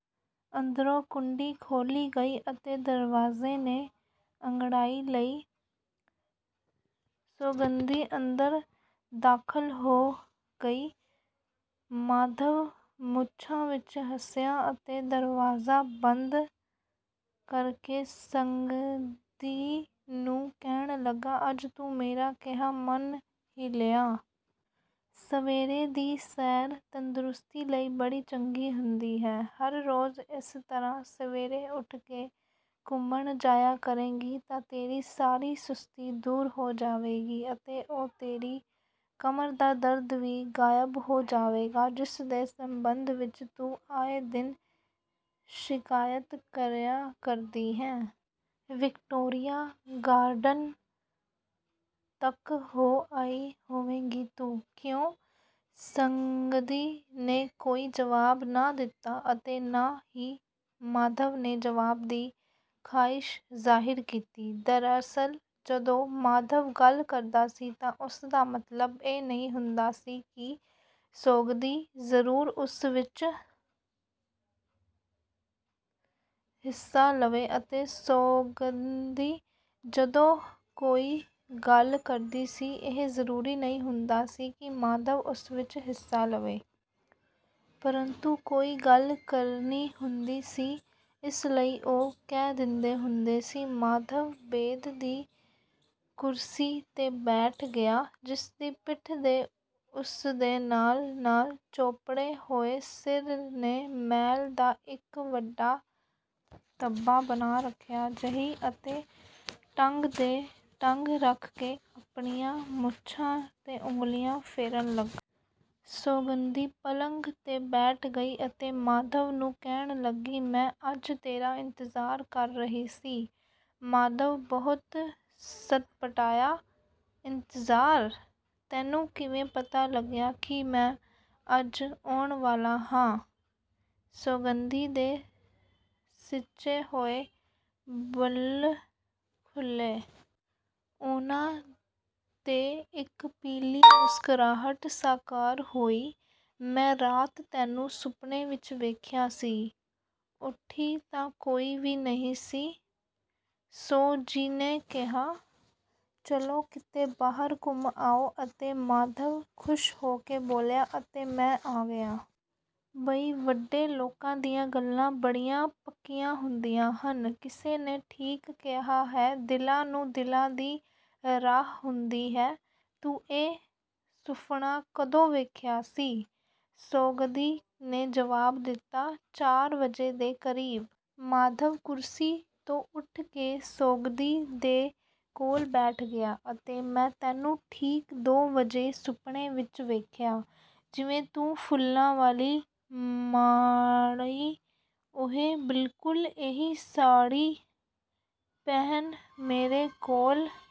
ਅੰਦਰੋਂ ਕੁੰਡੀ ਖੋਲ੍ਹੀ ਗਈ ਅਤੇ ਦਰਵਾਜ਼ੇ ਨੇ ਅੰਗੜਾਈ ਲਈ, ਸੌਗੰਧੀ ਅੰਦਰ ਦਾਖ਼ਲ ਹੋ ਗਈ। ਮਾਧਵ ਮੁੱਛਾਂ ਵਿੱਚ ਹੱਸਿਆ ਅਤੇ ਦਰਵਾਜ਼ਾ ਬੰਦ ਕਰਕੇ ਸੌਗੰਧੀ ਨੂੰ ਕਹਿਣ ਲੱਗਾ, "ਅੱਜ ਤੂੰ ਮੇਰਾ ਕਿਹਾ ਮੰਨ ਹੀ ਲਿਆ। ਸਵੇਰੇ ਦੀ ਸੈਰ ਤੰਦੁਰੁਸਤੀ ਲਈ ਬੜੀ ਚੰਗੀ ਹੁੰਦੀ ਹੈ। ਹਰ ਰੋਜ਼ ਇਸ ਤਰ੍ਹਾਂ ਸਵੇਰੇ ਉਠ ਕੇ ਘੁੰਮਣ ਜਾਇਆ ਕਰੇਗੀ ਤਾਂ ਤੇਰੀ ਸਾਰੀ ਸੁਸਤੀ ਦੂਰ ਹੋ ਜਾਵੇਗੀ ਅਤੇ ਉਹ ਤੇਰੀ ਕਮਰ ਦਾ ਦਰਦ ਵੀ ਗ਼ਾਇਬ ਹੋ ਜਾਵੇਗਾ, ਜਿਸਦੇ ਸੰਬੰਧ ਵਿੱਚ ਤੂੰ ਆਏ ਦਿਨ ਸ਼ਿਕਾਇਤ ਕਰਿਆ ਕਰਦੀ ਹੈਂ। ਵਿਕਟੋਰੀਆ ਗਾਰਡਨ ਤੱਕ ਹੋ ਆਈ ਹੋਵੇਂਗੀ ਤੂੰ, ਕਿਉਂ?" ਸੌਗੰਧੀ ਨੇ ਕੋਈ ਜਵਾਬ ਨਾ ਦਿੱਤਾ ਅਤੇ ਨਾ ਹੀ ਮਾਧਵ ਨੇ ਜਵਾਬ ਦੀ ਖ਼ਾਹਿਸ਼ ਜ਼ਾਹਿਰ ਕੀਤੀ। ਦਰਅਸਲ, ਜਦੋਂ ਮਾਧਵ ਗੱਲ ਕਰਦਾ ਸੀ ਤਾਂ ਉਸਦਾ ਮਤਲਬ ਇਹ ਨਹੀਂ ਹੁੰਦਾ ਸੀ ਕਿ ਸੌਗੰਧੀ ਜ਼ਰੂਰ ਉਸ ਵਿੱਚ ਹਿੱਸਾ ਲਵੇ ਅਤੇ ਸੌਗੰਧੀ ਜਦੋਂ ਕੋਈ ਗੱਲ ਕਰਦੀ ਸੀ, ਇਹ ਜ਼ਰੂਰੀ ਨਹੀਂ ਹੁੰਦਾ ਸੀ ਕਿ ਮਾਧਵ ਉਸ ਵਿੱਚ ਹਿੱਸਾ ਲਵੇ। ਪ੍ਰੰਤੂ ਕੋਈ ਗੱਲ ਕਰਨੀ ਹੁੰਦੀ ਸੀ, ਇਸ ਲਈ ਉਹ ਕਹਿ ਦਿੰਦੇ ਹੁੰਦੇ ਸੀ। ਮਾਧਵ ਬੇਦ ਦੀ ਕੁਰਸੀ ਤੇ ਬੈਠ ਗਿਆ, ਜਿਸਦੀ ਪਿਠ ਤੇ ਉਸਦੇ ਤੇਲ ਨਾਲ਼ ਚੋਪੜੇ ਹੋਏ ਸਿਰ ਨੇ ਮੈਲ ਦਾ ਇੱਕ ਵੱਡਾ ਧੱਬਾ ਬਣਾ ਰੱਖਿਆ ਜਿਹੀ ਅਤੇ ਟੰਗ ਤੇ ਟੰਗ ਰੱਖ ਕੇ ਆਪਣੀਆਂ ਮੁੱਛਾਂ ਤੇ ਉਂਗਲੀਆਂ ਫੇਰਨ ਲਗਾ। ਸੌਗੰਧੀ ਪਲੰਗ ਤੇ ਬੈਠ ਗਈ ਅਤੇ ਮਾਧਵ ਨੂੰ ਕਹਿਣ ਲੱਗੀ, "ਮੈਂ ਅੱਜ ਤੇਰਾ ਇੰਤਜ਼ਾਰ ਕਰ ਰਹੀ ਸੀ।" ਮਾਧਵ ਬਹੁਤ ਸਟਪਟਾਇਆ, "ਇੰਤਜ਼ਾਰ? ਤੈਨੂੰ ਕਿਵੇਂ ਪਤਾ ਲੱਗਿਆ ਕਿ ਮੈਂ ਅੱਜ ਆਉਣ ਵਾਲਾ ਹਾਂ?" ਸੌਗੰਧੀ ਦੇ ਸਿਚੇ ਹੋਏ ਬੁੱਲ੍ਹ ਖੁੱਲੇ। ਉਨ੍ਹਾਂ ਤੇ ਇੱਕ ਪੀਲੀ ਮੁਸਕਰਾਹਟ ਸਾਕਾਰ ਹੋਈ, "ਮੈਂ ਰਾਤ ਤੈਨੂੰ ਸੁਪਨੇ ਵਿੱਚ ਵੇਖਿਆ ਸੀ। ਉੱਠੀ ਤਾਂ ਕੋਈ ਵੀ ਨਹੀਂ ਸੀ। ਸੋ ਜੀ ਨੇ ਕਿਹਾ, ਚਲੋ ਕਿਤੇ ਬਾਹਰ ਘੁੰਮ ਆਓ ਅਤੇ ਮਾਧਵ ਖ਼ੁਸ਼ ਹੋ ਕੇ ਬੋਲਿਆ, ਅਤੇ ਮੈਂ ਆ ਗਿਆ। ਭਈ, ਵੱਡੇ ਲੋਕਾਂ ਦੀਆਂ ਗੱਲਾਂ ਬੜੀਆਂ ਪੱਕੀਆਂ ਹੁੰਦੀਆਂ ਹਨ। ਕਿਸੇ ਨੇ ਠੀਕ ਕਿਹਾ ਹੈ, ਦਿਲਾਂ ਨੂੰ ਦਿਲਾਂ ਦੀ ਰਾਹ ਹੁੰਦੀ ਹੈ। ਤੂੰ ਇਹ ਸੁਫ਼ਨਾ ਕਦੋਂ ਵੇਖਿਆ ਸੀ?" ਸੌਗੰਧੀ ਨੇ ਜਵਾਬ ਦਿੱਤਾ, "ਚਾਰ ਵਜੇ ਦੇ ਕਰੀਬ।" ਮਾਧਵ ਕੁਰਸੀ ਤੋਂ ਉੱਠ ਕੇ ਸੋਗਧੀ ਦੇ ਕੋਲ ਬੈਠ ਗਿਆ, "ਅਤੇ ਮੈਂ ਤੈਨੂੰ ਠੀਕ ਦੋ ਵਜੇ ਸੁਪਨੇ ਵਿੱਚ ਵੇਖਿਆ। ਜਿਵੇਂ ਤੂੰ ਫੁੱਲਾਂ ਵਾਲੀ ਮਾੜ੍ਹੀ। ਓਏ, ਬਿਲਕੁਲ ਇਹੀ ਸਾੜ੍ਹੀ ਪਹਿਨ ਮੇਰੇ ਕੋਲ